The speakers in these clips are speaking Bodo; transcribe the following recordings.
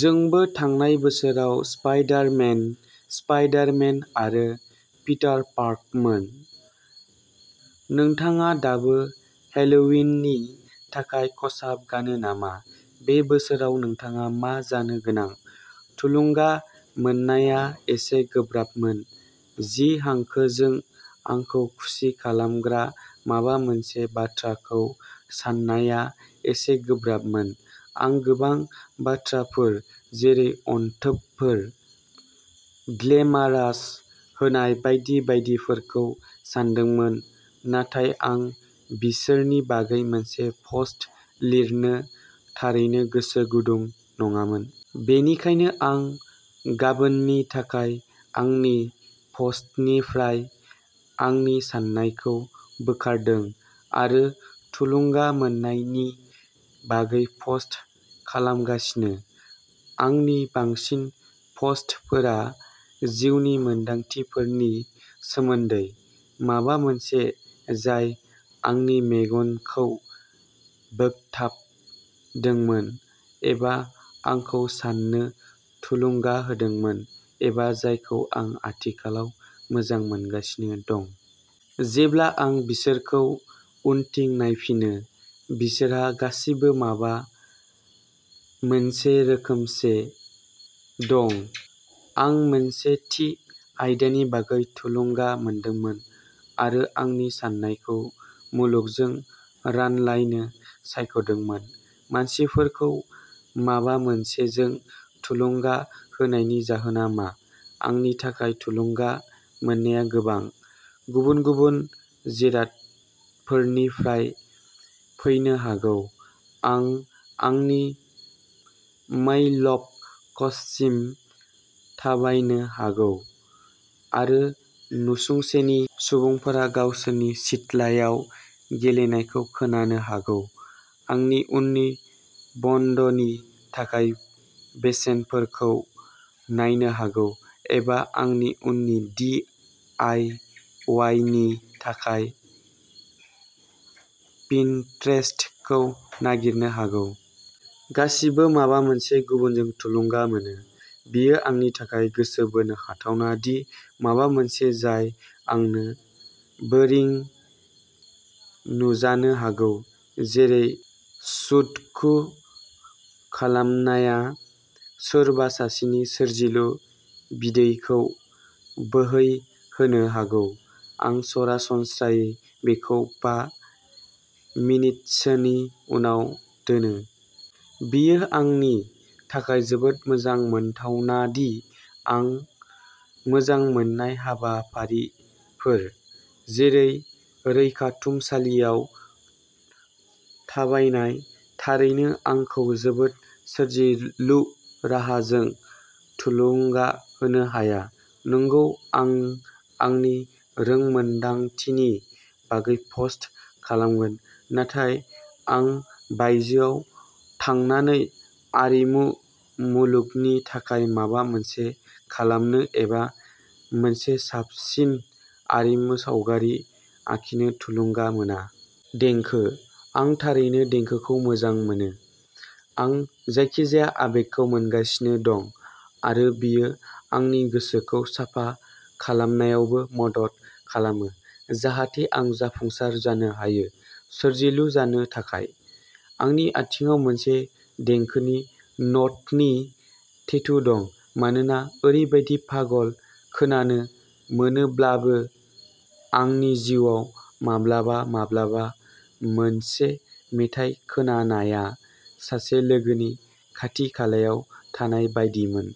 जोंबो थांनाय बोसोराव स्पाइडार मेन, स्पाइडार मेन आरो पिटार पार्कमोन। नोंथाङा दाबो हेल'विननि थाखाय खसाब गानो नामा? बे बोसोराव नोंथाङा मा जानो गोनां थुलुंगा मोननाया एसे गोब्राबमोन? जि हांखोजों आंखौ खुसि खालामग्रा माबा मोनसे बाथ्राखौ साननाया एसे गोब्राबमोन, आं गोबां बाथ्राफोर जेरै अनथोबफोर, ग्लेमारास होनाय बायदि बायदिफोरखौ सानदोंमोन। नाथाय आं बिसोरनि बागै मोनसे पस्ट लिरनो थारैनो गोसो गुदुं नङामोन। बेनिखायनो आं गाबोननि थाखाय आंनि पस्टनिफ्राय आंनि साननायखौ बोखारदों आरो थुलुंगा मोन्नायनि बागै पस्ट खालामगासिनो। आंनि बांसिन पस्टफोरा जिउनि मोनदांथिफोरनि सोमोन्दै माबा मोनसे जाय आंनि मेगनखौ बोगथाबदोंमोन एबा आंखौ साननो थुलुंगा होदोंमोन एबा जायखौ आं आथिखालाव मोजां मोनगासिनो दं। जेब्ला आं बिसोरखौ उनथिं नायफिनो, बिसोरहा गासिबो माबा मोनसे रोखोमसे दं। आं मोनसे थि आयदानि बागै थुलुंगा मोनदोंमोन आरो आंनि साननायखौ मुलुगजों रानलायनो सायख'दोंमोन। मानसिफोरखौ माबा मोनसेजों थुलुंगा होनायनि जाहोना मा? आंनि थाखाय थुलुंगा मोननाया गोबां गुबुन गुबुन जिरादफोरनिफ्राय फैनो हागौ। आं आंनि मेइलबकससिम थाबायनो हागौ आरो नसुंसेनि सुबुंफोरा गावसोरनि सिथ्लायाव गेलेनायखौ खोनानो हागौ। आंनि उननि बन्दनि थाखाय बेसेनफोरखौ नायनो हागौ एबा आंनि उननि डि आइ अवाइनि थाखाय पिनट्रेस्टखौ नागिरनो हागौ। गासैबो माबा मोनसे गुबुनजों थुलुंगा मोनो। बेयो आंनि थाखाय गोसो बोनो हाथावना दि माबा मोनसे जाय आंनो बोरिं नुजानो हागौ, जेरै सुडकु खालामनाया, सोरबा सासेनि सोरजिलु बिदैखौ बोहैहोनो हागौ। आं सरासनस्रायै बेखौ बा मिनिटसोनि उनाव दोनो। बेयो आंनि थाखाय जोबोद मोजां मोनथावना दि आं मोजां मोन्नाय हाबाफारिफोर, जेरै रैखाथुमसालियाव थाबायनाय, थारैनो आंखौ जोबोद सोरजिलु राहाजों थुलुंगा होनो हाया। नंगौ, आं आंनि रोंमोनदांथिनि बागै पस्ट खालामगोन। नाथाय आं बायजोआव थांनानै आरिमु मुलुगनि थाखाय माबा मोनसे खालामनो एबा मोनसे साबसिन आरिमु सावगारि आखिनो थुलुंगा मोना। देंखो, आं थारैनो देंखोखौ मोजां मोनो। आं जायखिजाया आबेगखौ मोनगासिनो दं आरो बेयो आंनि गोसोखौ साफा खालामनायावबो मदद खालामो। जाहाथे आं जाफुंसार जानो हायो। सोरजिलु जानो थाखाय आंनि आथिंआव मोनसे देंखोनि न'टनि टेटु दं। मानोना ओरैबायदि पागल खोनानो मोनोब्लाबो आंनि जिउआव माब्लाबा माब्लाबा मोनसे मेथाइ खोनानाया सासे लोगोनि खाथि-खालायाव थानाय बायदिमोन।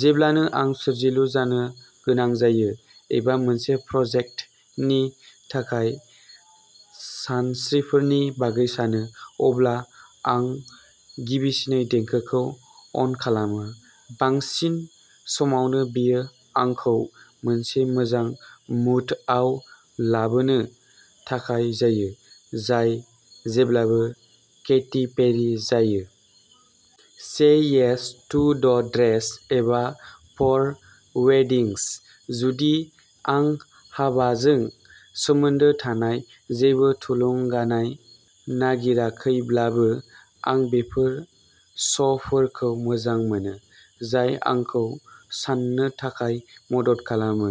जेब्लानो आं सोरजिलु जानो गोनां जायो एबा मोनसे प्रजेक्टनि थाखाय सानस्रिफोरनि बागै सानो, अब्ला आं गिबिसिनै देंखोखौ अन खालामो। बांसिन समावनो बेयो आंखौ मोनसे मोजां मुडआव लाबोनो थाखाय जायो, जाय जेब्लाबो केटी पेरी जायो। Say yes to the dress एबा फर वेडिंग्स। जुदि आं हाबाजों सोमोन्दो थानाय जेबो थुलुंगानाय नागिराखैब्लाबो, आं बेफोर श'फोरखौ मोजां मोनो। जाय आंखौ साननो थाखाय मदद खालामो।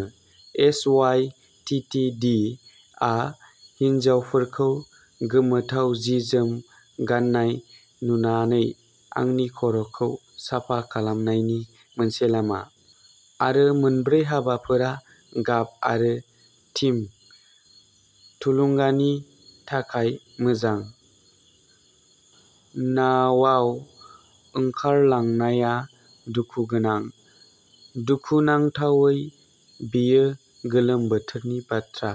एस वाइ टि टि डिआ हिनजावफोरखौ गोमोथाव जि-जोम गाननाय नुनानै आंनि खर'खौ साफा खालामनायनि मोनसे लामा आरो मोनब्रै हाबाफोरा गाब आरो थीम थुलुंगानि थाखाय मोजां। नावाव ओंखारलांनाया दुखुगोनां। दुखुनांथावै बेयो गोलोम बोथोरनि बाथ्रा।